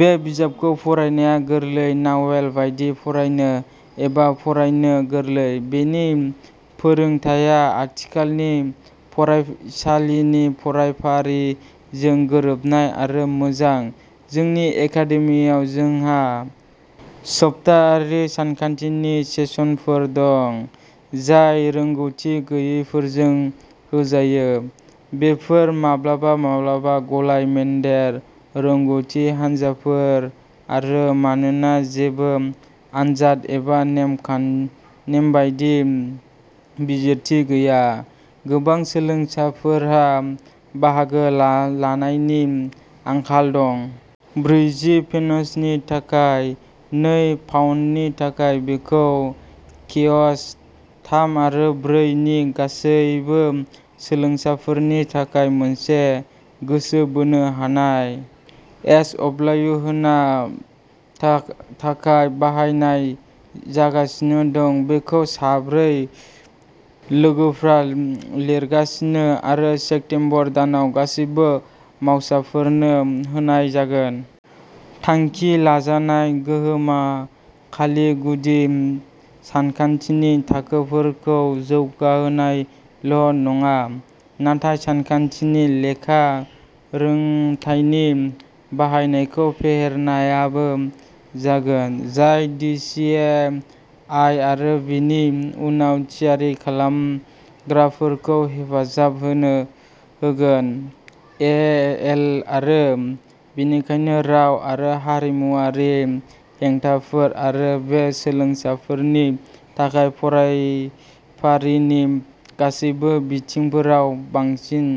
बे बिजाबखौ फरायनाया गोरलै नावेल बायदि फरायनो एबा फरायनो गोरलै। बेनि फोरोंथाया आथिखालनि फरायसालिनि फरायफारिजों गोरोबनाय आरो मोजां। जोंनि एकादेमिआव जोंहा सप्तायारि सानखान्थिनि सेसनफोर दं, जाय रोंग'थि गैयैफोरजों होजायो। बेफोर माब्लाबा-माब्लाबा गलाय-मोनदेर रोंग'थि हानजाफोर आरो मानोना जेबो आनजाद एबा नेमखान नेमबायदि बिजिरथि गैया, गोबां सोलोंसाफोरहा बाहागो ला लानायनि आंखाल दं। ब्रैजि पेनसनि थाखाय नै पाउन्दनि थाखाय बेखौ केएस थाम आरो ब्रै नि गासैबो सोलोंसाफोरनि थाखाय मोनसे गोसो बोनो हानाय एसअ'ब्लायो होन्ना थाख थाखा बाहायनाय जागासिनो दं। बेखौ साब्रै लोगोफोरा लिरगासिनो आरो सेप्तेम्बर दानाव गासैबो मावसाफोरनो होनाय जागोन। थांखि लाजानाय गोहोमा खालि गुदि सानखान्थिनि थाखोफोरखौ जौगाहोनायल' नङा, नाथाय सानखान्थिनि लेखा रोंथायनि बाहायनायखौ फेहेरनायाबो जागोन, जाय डि सि एम आइ आरो बेनि उनाव थियारि खालामग्राफोरखौ हेफाजाब होनो होगोन। ए एल आरो बेनिखायनो राव आरो हारिमुआरि हेंथाफोर आरो बे सोलोंसाफोरनि थाखाय फरायफारिनि गासैबो बिथिंफोराव बांसिन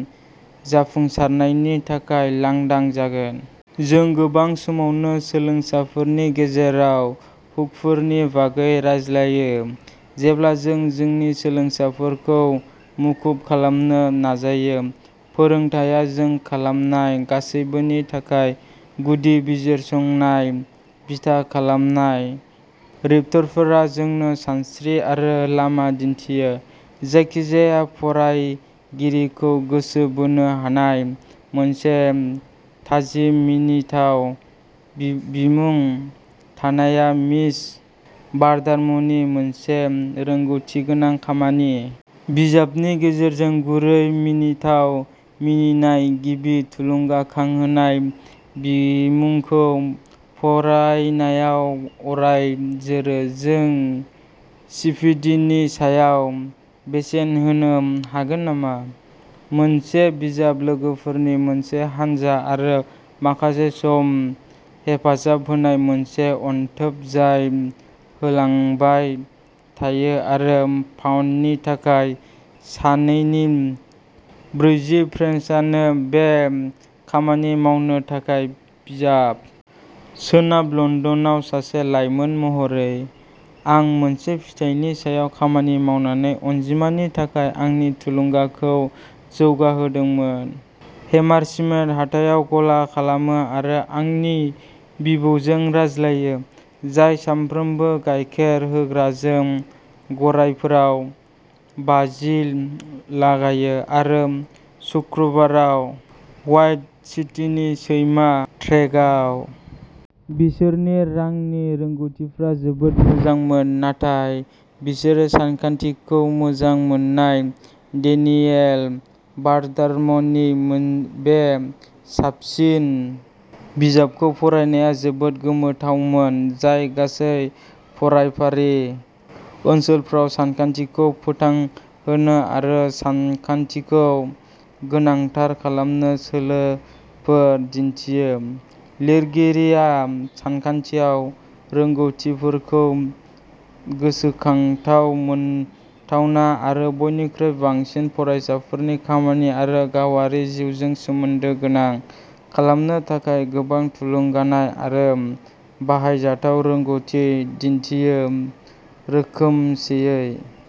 जाफुंसारनायनि थाखाय लांदां जागोन। जों गोबां समावनो सोलोंसाफोरनि गेजेराव हुकफोरनि बागै रायज्लायो जेब्ला जों जोंनि सोलोंसाफोरखौ मुखुब खालामनो नाजायो फोरोंथाया जों खालामनाय गासैबोनि थाखाय गुदि-बिजिरसंनाय बिथा खालामनाय रिपटरफोरा जोंनो सानस्रि आरो लामा दिन्थियो। जायखिजाया फरायगिरिखौ गोसो बोनो हानाय मोनसे थाजिम मिनिथाव बि बिमुं थानाया मिस बार्डामनि मोनसे रोंग'थिगोनां खामानि। बिजाबनि गेजेरजों गुरै मिनिथाव मिनिनाय गिबि थुलुंगाखांहोनाय बिमुंखौ फरायनायाव अराय जोरो। जों सिपिडिनि सायाव बेसेन होनो हागोन नामा? मोनसे बिजाब-लोगोफोरनि मोनसे हानजा आरो माखासे सम हेफाजाब होनाय मोनसे अनथोब जाय होलांबाय थायो आरो पाउन्दनि थाखाय सानैनि ब्रैजि पेन्सानो बे खामानि मावनो थाखाय बिजाब। सोनाब लन्दनआव सासे लाइमोन महरै, आं मोनसे फिथाइनि सायाव खामानि मावनानै अनजिमानि थाखाय आंनि थुलुंगाखौ जौगाहोदोंमोन। हेमारसिमेथ हाथायाव गला खालामो आरो आंनि बिबैजों रायज्लायो, जाय सानफ्रोमबो गायखेर होग्राजों गरायफोराव बाजि लागायो, आरो शुक्रबाराव व्हाइट सिटीनि सैमा ट्रेकआव। बिसोरनि रांनि रोंग'थिफोरा जोबोद मोजांमोन, नाथाय, बिसोरो सानखान्थिखौ मोजां मोनमोन डेनियेल बार्टारम'नि बे साबसिन बिजाबखौ फरायनाया जोबोद गोमोथावमोन, जाय गासै फरायफारि ओनसोलफोराव सानखान्थिखौ फोथांहोनो आरो सानखान्थिखौ गोनांथार खालामनो सोलोफोर दिन्थियो। लिरगिरिया सानखान्थियाव रोंग'थिफोरखौ गोसोखांथाव, मोनथावना आरो बयनिख्रुइ बांसिन फरायसाफोरनि खामानि आरो गावारि जिउजों सोमोन्दो गोनां खालामनो थाखाय गोबां थुलुंगानाय आरो बाहायजाथाव रोंग'थि दिन्थियो रोखोमसेयै।